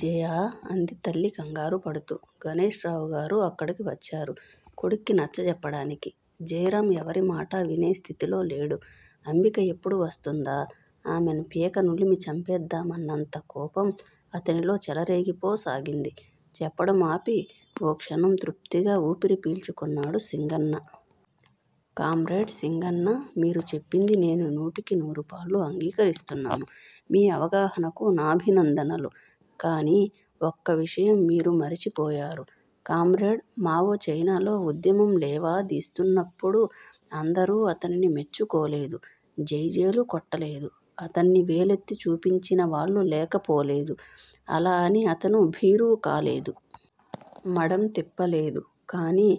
జయా! అంది తల్లి కంగారుపడుతూ, గణేశ్ రావు గారు అక్కడికి వచ్చారు, కొడుక్కి నచ్చచెప్పడానికి. జయరామ్ ఎవరిమాటా వినే స్థితిలో లేడు. అంబిక ఎప్పుడు వస్తుందా, ఆమెను పీకనులిమి చంపేద్దామన్నంత కోపం అతనిలో చెలరేగిపోసాగింది. చెప్పడం ఆపి ఓ క్షణం తృప్తిగా ఊపిరి పీల్చుకున్నాడు సింగన్న. కామ్రేడ్ సింగన్న మీరు చెప్పింది నేను నూటికి నూరుపాళ్ళు అంగీకరిస్తున్నాను. మీ అవగహానకు నా భినందనలు. కాని ఒక్క విషయం మీరు మరచిపోయారు. కామ్రేడ్ మావో చైనాలో ఉద్యమం లేవాదీస్తున్నప్పుడు అందరూ అతనిని మెచ్చుకోలేదు. జైజేలు కొట్టలేదు. అతన్ని వేలెత్తి చూపించిన వాళ్ళు లేకపోలేదు. అలా అని అతను భీరువుకాలేదు. మడం తిప్పలేదు. కానీ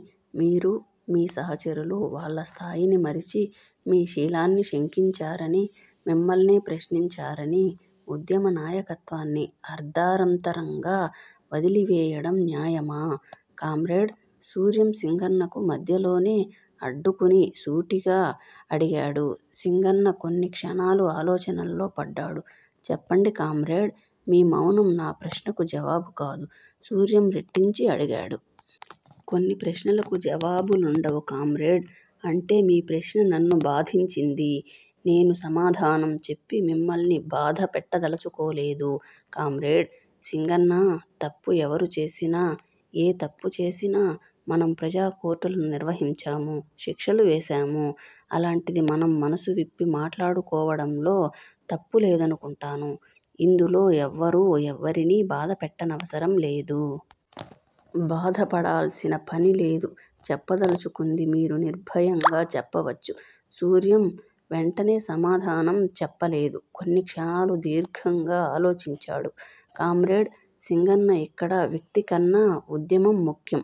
మీరు మీ సహచరులు వాళ్ళ స్థాయిని మరచి మీ శీలాన్ని శకించారని, మిమ్మల్నే ప్రశ్నించారని ఉద్యమ నాయకత్వాన్ని అర్దారంతరంగా వదిలివేయడం న్యాయమా? కామ్రేడ్ సూర్యం సింగన్నకు మధ్యలోనే అడ్డుకుని సూటిగా అడిగాడు. సింగన్న కొన్ని క్షణాలు ఆలోచనల్లో పడ్డాడు. చెప్పండి కామ్రేడ్ మీ మౌనం నా ప్రశ్నకు జవాబు కాదు సూర్యం రెట్టించి అడిగాడు. కొన్ని ప్రశ్నలకు జావాబులుండవు కామ్రేడ్ అంటే మీ ప్రశ్న నన్ను బాధించింది నేను సమాధానం చెప్పి మిమ్మల్ని బాధపెట్టదలచుకోలేదు కామ్రేడ్ సింగన్నా తప్పు ఎవరు చేసినా, ఏ తప్పుచేసినా మనం ప్రజాకోర్టులను నిర్వహించాము. శిక్షలు వేశాము. అలాంటిది మనం మనసు విప్పి మాట్లాడుకోవడంలో తప్పులేదనుకుంటాను. ఇందులో ఎవ్వరూ ఎవ్వరిని బాధపెట్టనవసరం లేదు. బాధపడాల్సిన పనిలేదు. చెప్పదలచుకుంది మీరు నిర్భయంగా చెప్పవచ్చు. సూర్యం వెంటనే సమాధానం చెప్పలేదు. కొన్నిక్షణాలు దీర్ఘంగా అలోచించాడు. కామ్రేడ్ సింగన్న ఇక్కడ వ్యక్తికన్నా ఉద్యమం ముఖ్యం.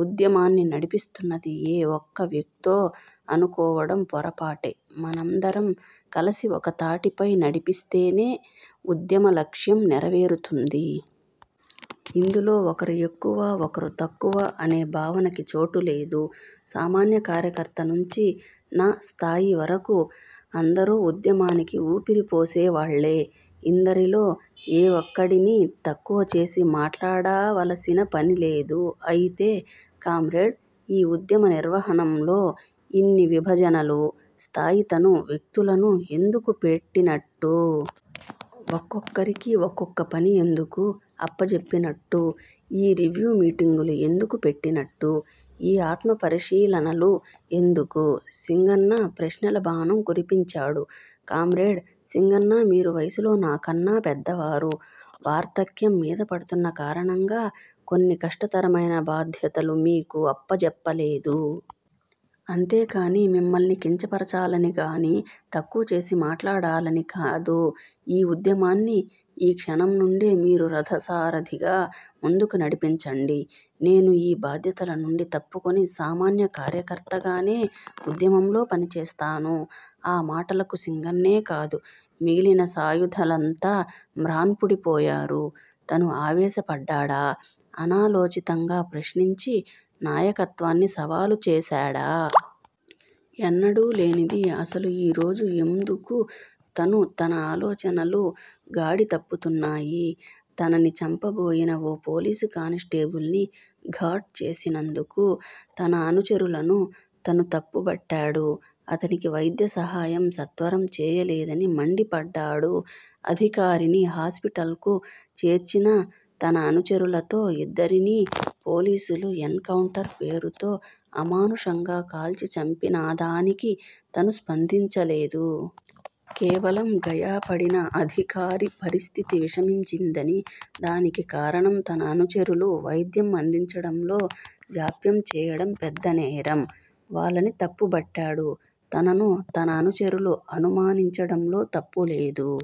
ఉద్యమాన్ని నడిపిస్తున్నది ఏ ఒక్క వ్యక్తో అనుకోవడం పొరపాటే! మనందరం కలసి ఒక తాటిపై నడిపిస్తేనే ఉద్యమ లక్ష్యం నెరవేరుతుంది. ఇందులో ఒకరు ఎక్కువ ఒకరు తక్కువ అనే భావనకి చోటు లేదు. సామాన్య కార్యకర్తనుంచి న స్థాయివరకు అందరూ ఉద్యమానికి ఊపిరిపోసేవాళ్ళే. ఇందరిలో ఏ ఒక్కడిని తక్కువచేసి మాట్లాడావలసిన పనిలేదు అయితే కామ్రేడ్ ఈ ఉద్యమ నిర్వహణంలో ఇన్ని విభజనులు, స్థాయితను వ్యక్తులను ఎందుకు పేట్టినట్టు? ఒక్కొక్కరికి ఒక్కొక్క పని ఎందుకు అప్పజెప్పి నట్టు? ఈ రివ్యూ మీటింగులు ఎందుకు పెట్టినట్టు? ఈ ఆత్మ పరీశీలనలు ఎందుకు? సింగన్న ప్రశ్నల బాణం కురిపించాడు. కామ్రేడ్ సింగన్న మీరు వయసులో నాకన్నా పెద్దవారు వార్ధక్యం మీదపడుతున్న కారణంగా కొన్ని కష్టతరమైన బాధ్యతలు మీకు అప్పజెప్పలేదు. అంతేకాని మిమ్మల్ని కించపరచాలనిగాని, తక్కువచేసి మాట్లాడాలని కాదు. ఈ ఉద్యమాన్ని ఈ క్షణం నుండే మీరు రధసారిధిగా ముందుకు నడిపించండి. నేను ఈ బాధ్యతల నుండి తప్పుకుని సామాన్య కార్యకర్తగానే ఉద్యమంలో పనిచేస్తాను ఆ మాటలకు సింగన్నేకాదు. మిగిలిన సాయుధలంతా మ్రాన్పుడిపోయారు. తను ఆవేశపడ్డాడా? అనాలోచితంగా ప్రశ్నించి నాయకత్వన్ని సవాలు చేశాడా? ఎన్నడూ లేనిది అసలు ఈ రోజు ఎమ్దుకు తను, తన ఆలోచనలు గాడి తప్పుతున్నాయి. తనని చంపబోయిన ఓ పోలీసు కానిస్టేబుల్ ని ఘాట్ చేసినందుకు తన అనుచరులను తను తప్పుబట్టాడు. అతనికి వైద్య సహాయం సత్వరం చేయలేదని మండిపడ్డాడు. అధికారిని హాస్పిటల్ కు చేర్చిన తన అనుచరులతో ఇద్దరినీ పోలీసులు ఎన్ కౌంటర్ పేరుతో అమానుషంగా కాల్చి చంపినాదానికి తను స్పందించలేదు. కేవలం గయాపడిన అధికారి పరిస్థితి విషమించిందని, దానికి కారణం తన అనుచరులు వైద్యం అందించడంలో జాప్యంచేయడం పెద్దనేరం వాళ్ళని తప్పుబట్టాడు. తనను తన అనుచరులు అనుమానించడంలో తప్పులేదు